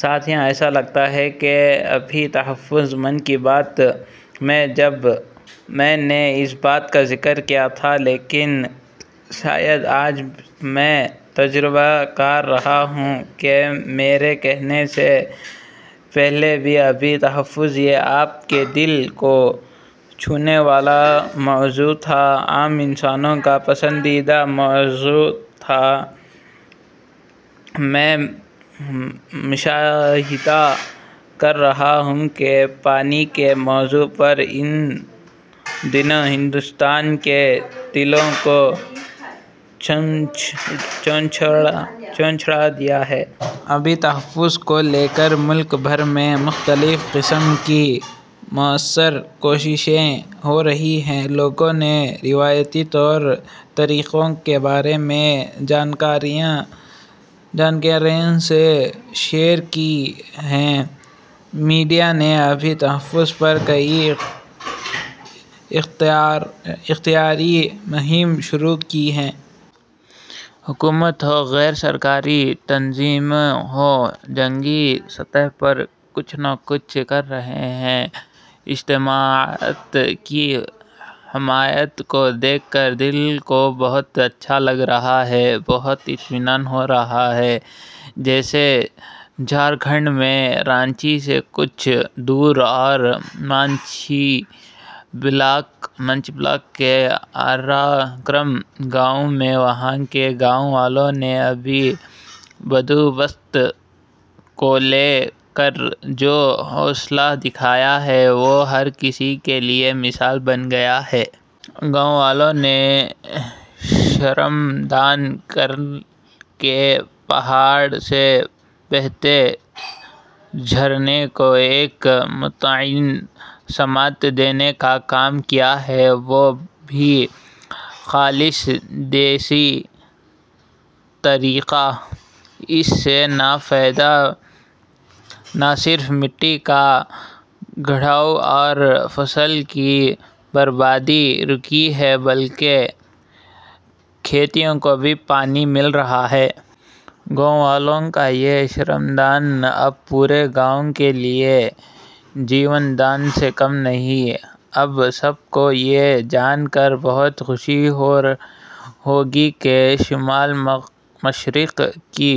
ساتھیوں؛ ایسا لگتا ہے کہ آبی تحفظ-'من کی بات' میں جب میں نے اس بات کا ذکر کیا تھا، لیکن شاید آج میں تجربہ کر رہا ہوں کہ میرے کہنے سے پہلے بھی آبی تحفظ یہ آپ کے دل کو چھونے والا موضوع تھا، عام انسانوں کا پسندیدہ موضوع تھا اور میں مشاہدہ کر رہا ہوں کہ پانی کے موضوع پر ان دنوں ہندوستان کے دلوں کو جھنجھوڑ دیا ہے۔ آبی تحفظ کو لے کر ملک بھر میں مختلف قسم کی مؤثر کوششیں ہو رہی ہیں۔ لوگوں نے روایتی طور طریقوں کے بارے میں جانکاریاں تو شیئر کی ہیں، میڈیا نے آبی تحفظ پر کئی اختراعی مہم شروع کی ہیں۔ حکومت ہو، غیرسرکاری تنظیموں ہوں- جنگی سطح پر کچھ نہ کچھ کر رہے ہیں۔ اجتماعیت کی حمایت کو دیکھ کر دل کو بہت اچھا لگ رہا ہے۔ بہت اطمینان ہو رہا ہے۔ جیسے جھارکھنڈ میں رانچی سے کچھ دور اورمانجھی بلاک کے آرا کیرم گاؤں میں وہاں کے گاؤں والوں نے آبی بندوبست کو لے کر جو حوصلہ دکھایا ہے وہ ہر کسی کے لیے مثال بن گیا ہے۔ گاؤں والوں نے شرم دان کرکے پہاڑ سے بہتے جھرنے کو ایک متعین سمت دینے کا کام کیا ہے۔ وہ بھی خالص دیسی طریقہ۔ اس سے نہ صرف مٹی کا کٹاؤ اور فصل کی بربادی رکی ہے بلکہ کھیتوں کو بھی پانی مل رہا ہے۔ گاؤں والو ںکا یہ شرم دان اب پورے گاؤں کے لیے جیون دان سے کم نہیں۔ آپ سب کو یہ جان کر بہت خوشی ہوگی کہ شمال مشرق کی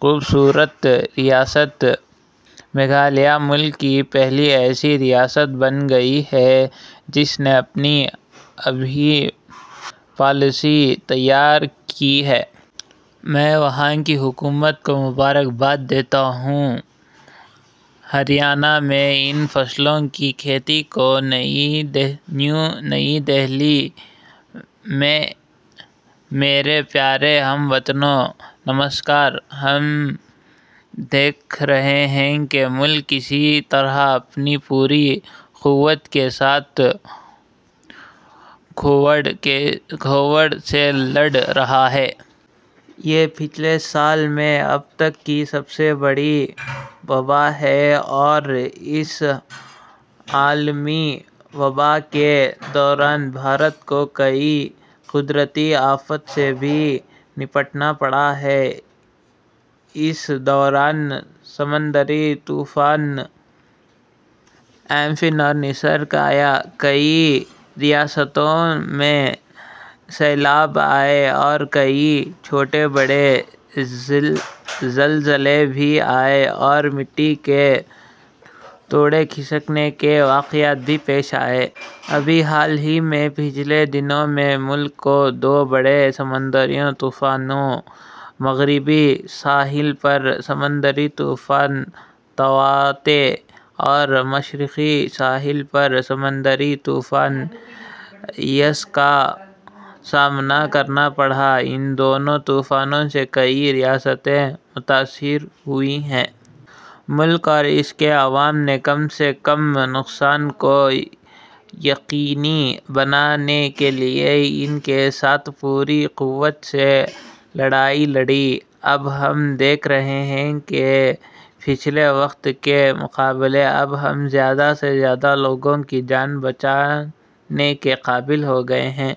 خوبصورت ریاست میگھالیہ ملک کی پہلی ایسی ریاست بن گئی ہے جس نے اپنی آبی پالیسی تیار کی ہے۔ میں وہاں کی حکومت کو مبارک باد دیتا ہوں۔ ہریانہ میں ان فصلوں کی کھیتی کو. نئی دہلی۔ مئی میرے پیارے ہم وطنوں ، نمسکار۔ ہم دیکھ رہے ہیں کہ ملک کس طرح اپنی پوری قوت کے ساتھ کووڈ – سے لڑ رہا ہے۔ یہ پچھلے سال میں اب تک کی سب سے بڑی وباء ہے اور اس عالمی وباء کے دوران بھارت کو کئی قدرتی آفات سے بھی نمٹنا پڑا ہے۔ اس دوران سمندری طوفان ' امفن ' اور نسرگ آیا ، کئی ریاستوں میں سیلاب آئے اور کئی چھوٹے بڑے زلزلے بھی آئے اور مٹی کے تودے کھسکنے کے واقعات بھی پیش آئے۔ ابھی حال ہی میں ، پچھلے دنوں میں ملک کو دو بڑے سمندری طوفانوں – مغربی ساحل پر سمندری طوفان تاوتے اور مشرقی ساحل پر سمندری طوفان یاس کا سامنا کرنا پڑا۔ ان دونوں طوفانوں سے کئی ریاستیں متاثر ہوئی ہیں۔ ملک اور اس کے عوام نے کم سے کم نقصان کو یقینی بنانے کے لئے ، ان کے ساتھ پوری قوت سے لڑائی لڑی۔ اب ہم دیکھ رہے ہیں کہ پچھلے وقت کےمقابلے ، اب ہم زیادہ سے زیادہ لوگوں کی جان بچانے کے قابل ہوئے ہیں۔